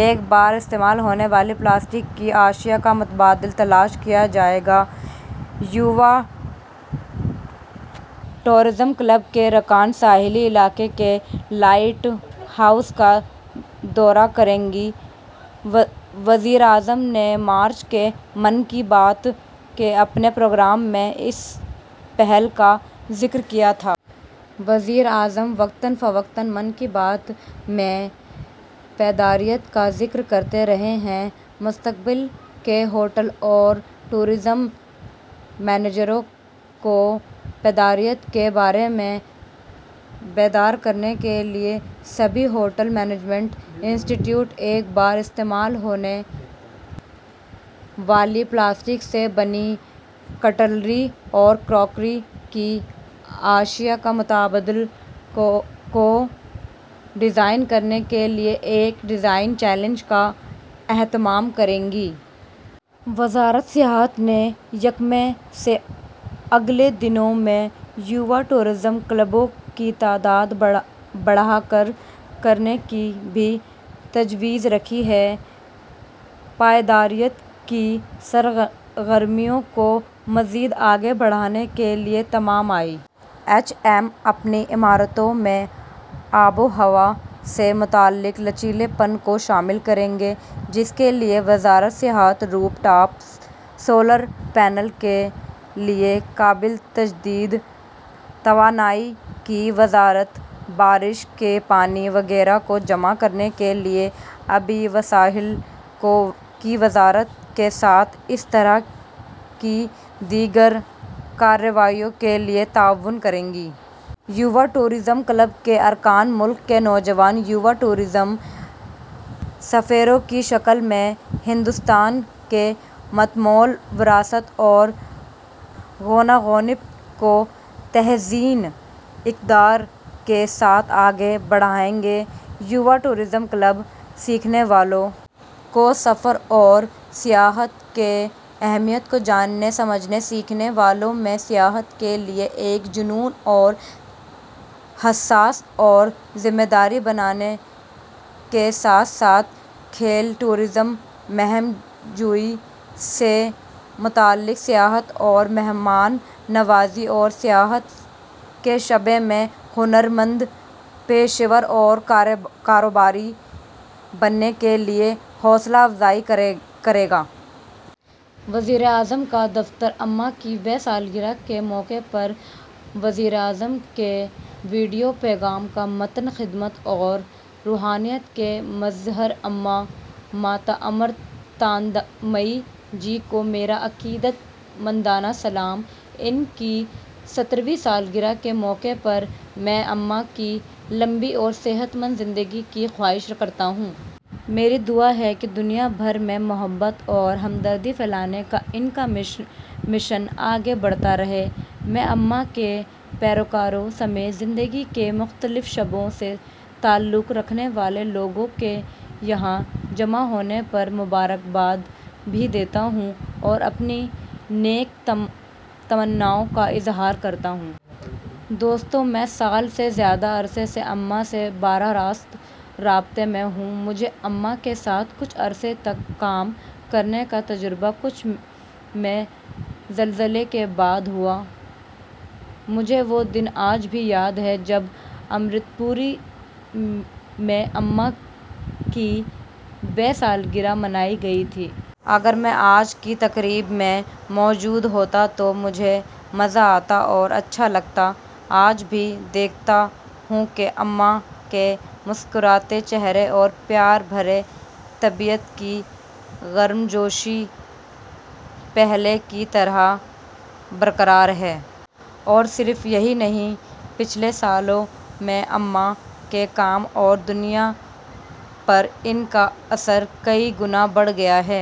ایک بار استعمال ہونے والی پلاسٹک کی اشیا کا متبادل تلاش کیا جائے گا۔ یووا ٹورازم کلب کےا رکان ساحلی علاقوں کے لائٹ ہاؤسوں کا دورہ کریں گے۔ وزیر اعظم نے مارچ کے ' من کی بات 'کے اپنے پروگرام میں اس پہل کا ذکر کیا تھا۔ وزیر اعظم وقتاً فوقتاً ' من کی بات' میں پائیداریت کا ذکر کرتے رہے ہیں۔ مستقبل کے ہوٹل اور ٹورازم منیجروں کو پائیداریت کے بارےمیں بیدار کرنے کے لیے سبھی ہوٹل مینجمنٹ انسٹی ٹیوٹ ایک بار استعمال ہونے والی پلاسٹک سے بنی کٹلری اور کراکری کی اشیا کے متبادل کو ڈیزائن کرنے کے لیے ایک ڈیزائن چیلنج کا اہتمام کریں گے۔ وزارت سیاحت نے یکم مئی سے اگلے دنوں میں یووا ٹورازم کلبوں کی تعداد بڑھا کر کرنے کی بھی تجویز رکھی ہے۔ پائیداریت کی سرگرمیوں کو مزید آگے بڑھانے کے لئے ،تمام آئی ایچ ایم اپنی عمارتوں میں آب و ہوا سے متعلق لچیلے پن کو شامل کریں گے جس کے لئے وزارت سیاحت، روپ ٹاپ سولر پینل کے لئے قابل تجدید توانائی کی وزارت بارش کے پانی وغیرہ کو جمع کرنے کے لئے آبی وسائل کی وزارت کے ساتھ اسی طرح کی دیگر کارروائیوں کے لئے تعاون کرے گی۔ یووا ٹورازم کلب کے ارکان ملک کے نوجوان یووا ٹورزم سفیروں کی شکل میں ہندوستان کی متمول وراثت اور گوناگونیت کو تہذیبی اقدار کے ساتھ آگے بڑھائیں گے۔ یووا ٹورازم کلب سیکھنے والوں کو سفر اور و سیاحت کی اہمیت کو جاننے ، سمجھنے ، سیکھنے والوں میں سیاحت کے لئے ایک جنون اور حساس اور ذمہ دار بنانے کے ساتھ ساتھ کھیل ٹورازم ، مہم جوئی سے متعلق سیاحت اور مہمان نوازی اور سیاحت کے شعبے میں ہنر مند پیشہ ور اور کاروباری بننے کے لیے حوصلہ افزائی کرے گا۔ وزیراعظم کا دفتر اماں کی ویں سالگرہ کے موقع پر وزیر اعظم کے ویڈیو پیغام کا متن خدمت اور روحانیت کی مظہر امّاں، ماتا امرتانندمئی جی کو میرا عقیدت مندانہ سلام۔ ان کی سترویں سالگرہ کے موقع پر، میں اماں کی لمبی اور صحت مند زندگی کی خواہش کرتا ہوں۔ میری دعا ہے کہ دنیا بھر میں محبت اور ہمدردی پھیلانے کا ان کا مشن آگے بڑھتا رہے۔ میں امّاں کے پیروکاروں سمیت زندگی کے مختلف شعبوں سے تعلق رکھنے والے لوگوں کے یہاں جمع ہونے پر مبارکباد بھی دیتا ہوں اور اپنی نیک تمناؤں کا اظہار کرتا ہوں۔ دوستو میں سال سے زیادہ عرصے سے اماں سے براہ راست رابطہ میں ہوں۔ مجھے اماں کے ساتھ کچھ عرصے تک کام کرنے کا تجربہ کچھ میں زلزلے کے بعد ہوا۔ مجھے وہ دن آج بھی یاد ہے جب امرت پوری میں اماں کی ویں سالگرہ منائی گئی تھی۔ اگر میں آج کی تقریب میں موجود ہوتا تو مجھے مزہ آتا اور اچھا لگتا۔ آج بھی دیکھتا ہوں کہ اماں کے مسکراتے چہرے اور پیار بھرے طبیعت کی گرمجوشی پہلے کی طرح برقرار ہے۔ اور صرف یہی نہیں، پچھلے سالوں میں اماں کے کام اور دنیا پر ان کا اثر کئی گنا بڑھ گیا ہے۔